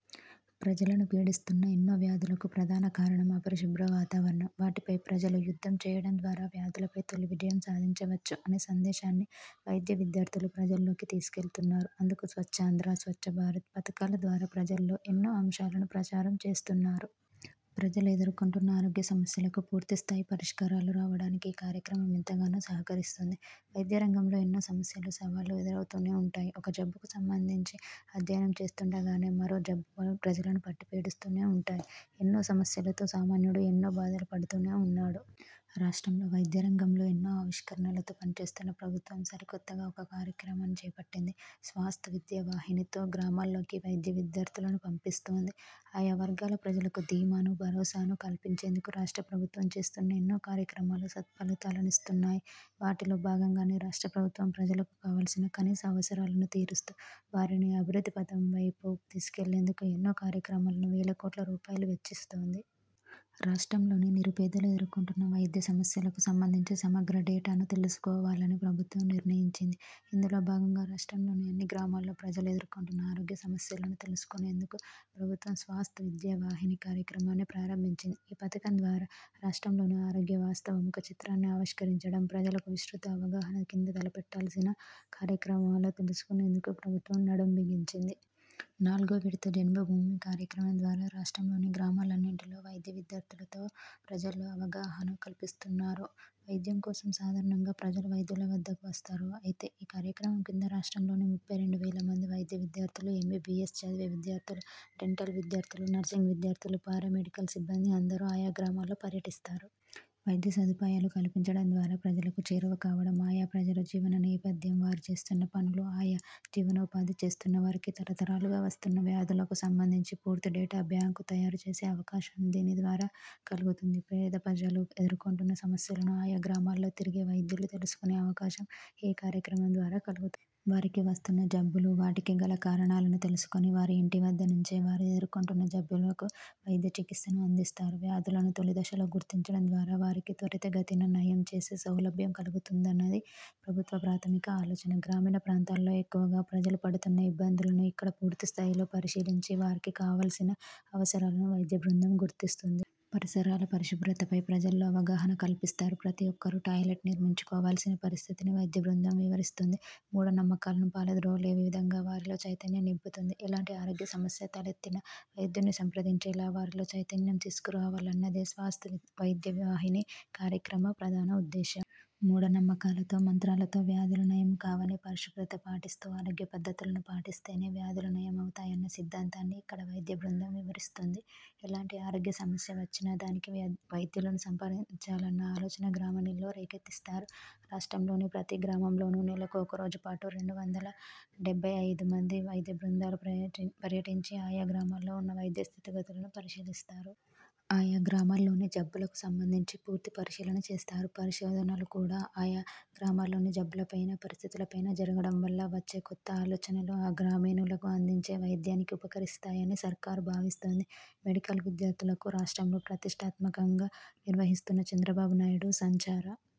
ప్రజలను పీడిస్తున్న ఎన్నో వ్యాధులకు ప్రధాన కారణం అపరిశుభ్ర వాతావరణం. వాటిపై ప్రజలు యుద్ధం చేయడం ద్వారా వ్యాధులపై తొలి విజయం సాధించవచ్చు అనే సందేశాన్ని వైద్య విద్యార్థులు ప్రజల్లోకి తీసుకెళ్తున్నారు. అందుకు స్వచ్ఛాంధ్ర, స్వచ్ఛభారత్ పథకాల ద్వారా ప్రజల్లో ఎన్నో అంశాలను ప్రచారం చేస్తున్నారు. ప్రజలు ఎదుర్కొంటున్న ఆరోగ్య సమస్యలకు పూర్తి స్థాయి పరిష్కారాలు రావడానికి ఈ కార్యక్రమం ఎంతగానో సహకరిస్తుంది. వైద్య రంగంలో ఎన్నో సమస్యలు, సవాళ్లూ ఎదురవుతూనే ఉంటాయి. ఒక జబ్బుకు సంబంధించి అధ్యయనం చేస్తుండగానే మరో జబ్బు ప్రజలను పట్టిపీడిస్తూనే ఉంటాయి. ఎన్నో సమస్యలతో సామాన్యుడు ఎన్నో బాధలు పడుతూనే ఉన్నాడు. రాష్ట్రంలో వైద్య రంగంలో ఎన్నో ఆవిష్కరణలతో పనిచేస్తున్న ప్రభుత్వం సరికొత్తగా ఒక కార్యక్రమాన్ని చేపట్టింది. స్వాస్థ్ విద్యా వాహిణితో గ్రామాల్లోకి వైద్య విద్యార్థులను పంపిస్తోంది. ఆయా వర్గాల ప్రజలకు ధీమాను, భరోసాను కల్పించేందుకు రాష్ట్ర ప్రభుత్వం చేస్తున్న ఎన్నో కార్యక్రమాలు సత్ఫలితాలనిస్తున్నాయి. వాటిలో భాగంగానే రాష్ట్ర ప్రభుత్వం ప్రజలకు కావాల్సిన కనీస అవసరాలను తీరుస్తూ, వారిని అభివృద్ధి పథం వైపు తీసుకెళ్లేందుకు ఎన్నో కార్యక్రమాలను, వేల కోట్ల రూపాయలు వెచ్చిస్తోంది. రాష్ట్రంలోని నిరుపేదలు ఎదుర్కొంటున్న వైద్య సమస్యలకు సంబంధించి సమగ్ర డేటాను తెలుసుకోవాలని ప్రభుత్వం నిర్ణయించింది. ఇందులో భాగంగా రాష్ట్రంలోని అన్ని గ్రామాల్లో ప్రజలు ఎదుర్కొంటున్న ఆరోగ్య సమస్యలను తెలుసుకునేందుకు ప్రభుత్వం స్వాస్థ్ విద్యా వాహిని కార్యక్రమాన్ని ప్రారంభించింది. ఈ పథకం ద్వారా రాష్ట్రంలోని ఆరోగ్య వాస్తవ ముఖచిత్రాన్ని ఆవిష్కరించడం, ప్రజలకు విస్తృత అవగాహన కింద తలపెట్టాల్సిన కార్యక్రమాలు తెలుసుకునేందుకు ప్రభుత్వం నడుం బిగించింది. నాల్గో విడత జన్మభూమి కార్యక్రమం ద్వారా రాష్ట్రంలోని గ్రామాలన్నింటిలో వైద్య విద్యార్థులతో ప్రజల్లో అవగాహన కల్పిస్తున్నారు. వైద్యం కోసం సాధారణంగా ప్రజలు వైద్యుల వద్దకు వస్తారు. అయితే ఈ కార్యక్రమం కింద రాష్ట్రంలోని ముప్పై రెండు వేల మంది వైద్య విద్యార్థులు, ఎంబీబీఎస్ చదివే విద్యార్థులు, డెంటల్ విద్యార్థులు, నర్సింగ్ విద్యార్థులు, పారా మెడికల్ సిబ్బంది అందరూ ఆయా గ్రామాల్లో పర్యటిస్తారు. వైద్య సదుపాయాలు కల్పించడం ద్వారా ప్రజలకు చేరువకావడం, ఆయా ప్రజలు జీవన నేపథ్యం, వారు చేస్తున్న పనులు, ఆయా జీవనోపాధి చేస్తున్నవారికి తరతరాలుగా వస్తున్న వ్యాధులకు సంబంధించి పూర్తి డేటా బ్యాంక్ తయారు చేసే అవకాశం దీని ద్వారా కలుగుతుంది. పేద ప్రజలు ఎదుర్కొంటున్న సమస్యలను ఆయా గ్రామాల్లో తిరిగే వైద్యులు తెలుసుకునే అవకాశం ఈ కార్యక్రమం ద్వారా కలుగుతుంది. వారికి వస్తున్న జబ్బులు, వాటికి గల కారణాలను తెలుసుకొని వారి ఇంటి వద్ద నుంచే వారు ఎదుర్కొంటున్న జబ్బులకు వైద్య చికిత్సను అందిస్తారు. వ్యాధులను తొలిదశలో గుర్తించడం ద్వారా వారికి త్వరితగతిన నయం చేసే సౌలభ్యం కలుగుతుందన్నది ప్రభుత్వ ప్రాధమిక ఆలోచన. గ్రామీణ ప్రాంతాల్లో ఎక్కువగా ప్రజలు పడుతున్న ఇబ్బందులను ఇక్కడ పూర్తి స్థాయిలో పరిశీలించి, వారికి కావల్సిన అవసరాలను వైద్య బృందం గుర్తిస్తుంది. పరిసరాల పరిశుభ్రతపై ప్రజల్లో అవగాహన కల్పిస్తారు. ప్రతి ఒక్కరూ టాయిలెట్ నిర్మించుకోవాల్సిన పరిస్థితిని వైద్య బృందం వివరిస్తుంది. మూఢనమ్మకాలను పారద్రోలే విధంగా వారిలో చైతన్యం నింపుతుంది. ఎలాంటి ఆరోగ్య సమస్య తలెత్తినా వైద్యుడ్ని సంప్రదించేలా వారిలో చైతన్యం తీసుకురావాలన్నదే స్వాస్థ్ వైద్య వాహిణి కార్యక్రమ ప్రధాన ఉద్దేశం. మూఢ నమ్మకాలతో, మంత్రాలతో వ్యాధులు నయం కావని, పరిశుభ్రత పాటిస్తూ, ఆరోగ్య పద్ధతులను పాటిస్తేనే వ్యాధులు నయం అవుతాయన్న సిద్ధాంతాన్ని ఇక్కడ వైద్య బృందం వివరిస్తుంది. ఎలాంటి ఆరోగ్య సమస్య వచ్చినా దానికి వైద్యులను సంప్రదించాలన్న ఆలోచన గ్రామీణుల్లో రేకెత్తిస్తారు. రాష్ట్రంలోని ప్రతి గ్రామంలోనూ నెలకు ఒక రోజు పాటు రెండు వందల డెబ్బై ఐదు మంది వైద్య బృందాలు పర్యటించి ఆయా గ్రామాల్లో ఉన్న వైద్య స్థితిగతులను పరిశీలిస్తారు. ఆయా గ్రామాల్లోని జబ్బులకు సంబంధించి పూర్తి పరిశీలన చేస్తారు. పరిశోధనలు కూడా ఆయా గ్రామాల్లోని జబ్బులపైనా, పరిస్థితులపైనా జరగడం వల్ల వచ్చే కొత్త ఆలోచనలు ఆ గ్రామీణులకు అందించే వైద్యానికి ఉపకరిస్తాయని సర్కారు భావిస్తోంది. మెడికల్ విద్యార్థులకు రాష్ట్రంలో ప్రతిష్టాత్మకంగా నిర్వహిస్తున్న చంద్రబాబు నాయుడు సంచార